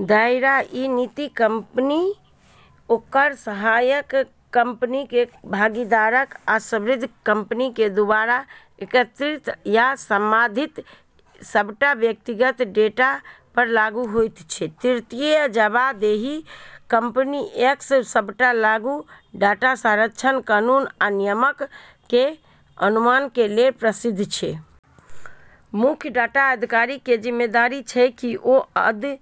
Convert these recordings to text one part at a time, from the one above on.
दायरा इ नीति कंपनी, ओकर सहायक कंपनीक, भागीदारक आ संबद्ध कंपनीक दूवारा एकत्रित या संसाधित सबटा व्यक्तिगत डेटा पर लागू होयत छै। तृतीय। जवाबदेही कंपनी एक्स सबटा लागू डाटा संरक्षण कानून आ नियमक के अनुपालन के लेल प्रतिबद्ध छै। मुख्य डाटा अधिकारी के जिम्मेदारी छै कि ओ अइ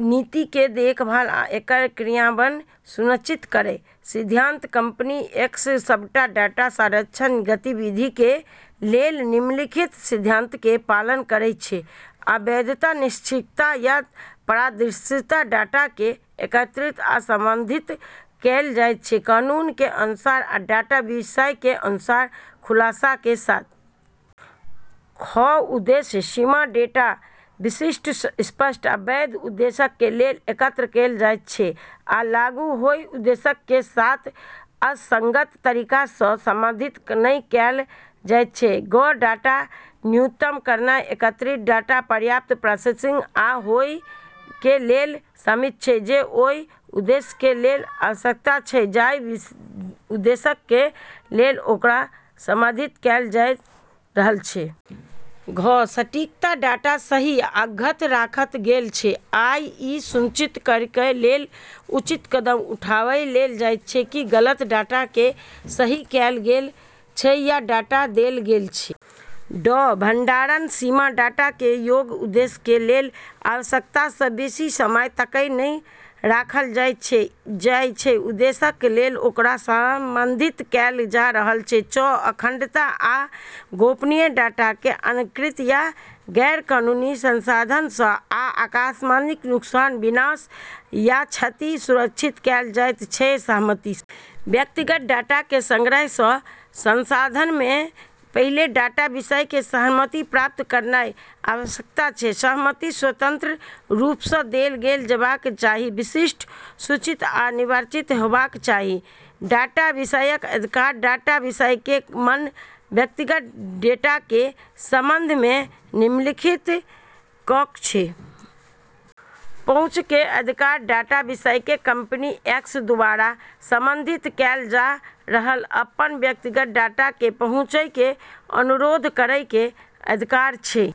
नीति के देखरेख आ एकर क्रियान्वयन सुनिश्चित करय। सिद्धांत कंपनी एक्स सबटा डाटा संरक्षण गतिविधियक के लेल निम्नलिखित सिद्धांतक के पालन करयत छै: क. वैधता, निष्पक्षता, आ पारदर्शिता: डाटा के एकत्रित आ संसाधित कैल जायत छै कानून के अनुसार आ डाटा विषय के पूर्ण खुलासा के साथ। ख. उद्देश्य सीमा: डेटा विशिष्ट, स्पष्ट आ वैध उद्देश्यक के लेल एकत्र कैल जायत छै आ आगू ओय उद्देश्यक के साथ असंगत तरीका सं संसाधित नहि कैल जायत छै। ग. डाटा न्यूनतम करनाय: एकत्रित डाटा पर्याप्त, प्रासंगिक आ ओय के लेल सीमित छै जे ओय उद्देश्यक के लेल आवश्यक छै जइ उद्देश्यक के लेल ओकरा संसाधित कैल जा रहल छै। घ. सटीकता: डाटा सही आ अद्यतन राखल गेल छै, आ इ सुनिश्चित करय के लेल उचित कदम उठाएल जायत छै कि गलत डाटा के सही कैल गेल छै या हटा देल गेल छै। ङ. भंडारण सीमा: डाटा के ओय उद्देश्यक के लेल आवश्यक सं बेसि समय तइक नहि राखल जायत छै जइ उद्देश्यक के लेल ओकरा संसाधित कैल जा रहल छै। च. अखंडता आ गोपनीयता: डाटा के अनधिकृत या गैरकानूनी संसाधन सं आ आकस्मिक नुकसान, विनाश, या क्षति सं सुरक्षित कैल जायत छै। सहमति व्यक्तिगत डाटा के संग्रहण आ संसाधन सं पहिले डाटा विषय के सहमति प्राप्त करनाय आवश्यक छै। सहमति स्वतंत्र रूप सं देल जेबाक चाही, विशिष्ट, सूचित आ निर्विवाद होबाक चाही। डाटा विषयक अधिकार डाटा विषयक के अपन व्यक्तिगत डेटा के संबंध मे निम्नलिखित अधिकार छै: क. पहुंच के अधिकार: डाटा विषयक के कंपनी एक्स दूवारा संसाधित कैल जा रहल अपन व्यक्तिगत डाटा के पहुंच के अनुरोध करय के अधिकार छै।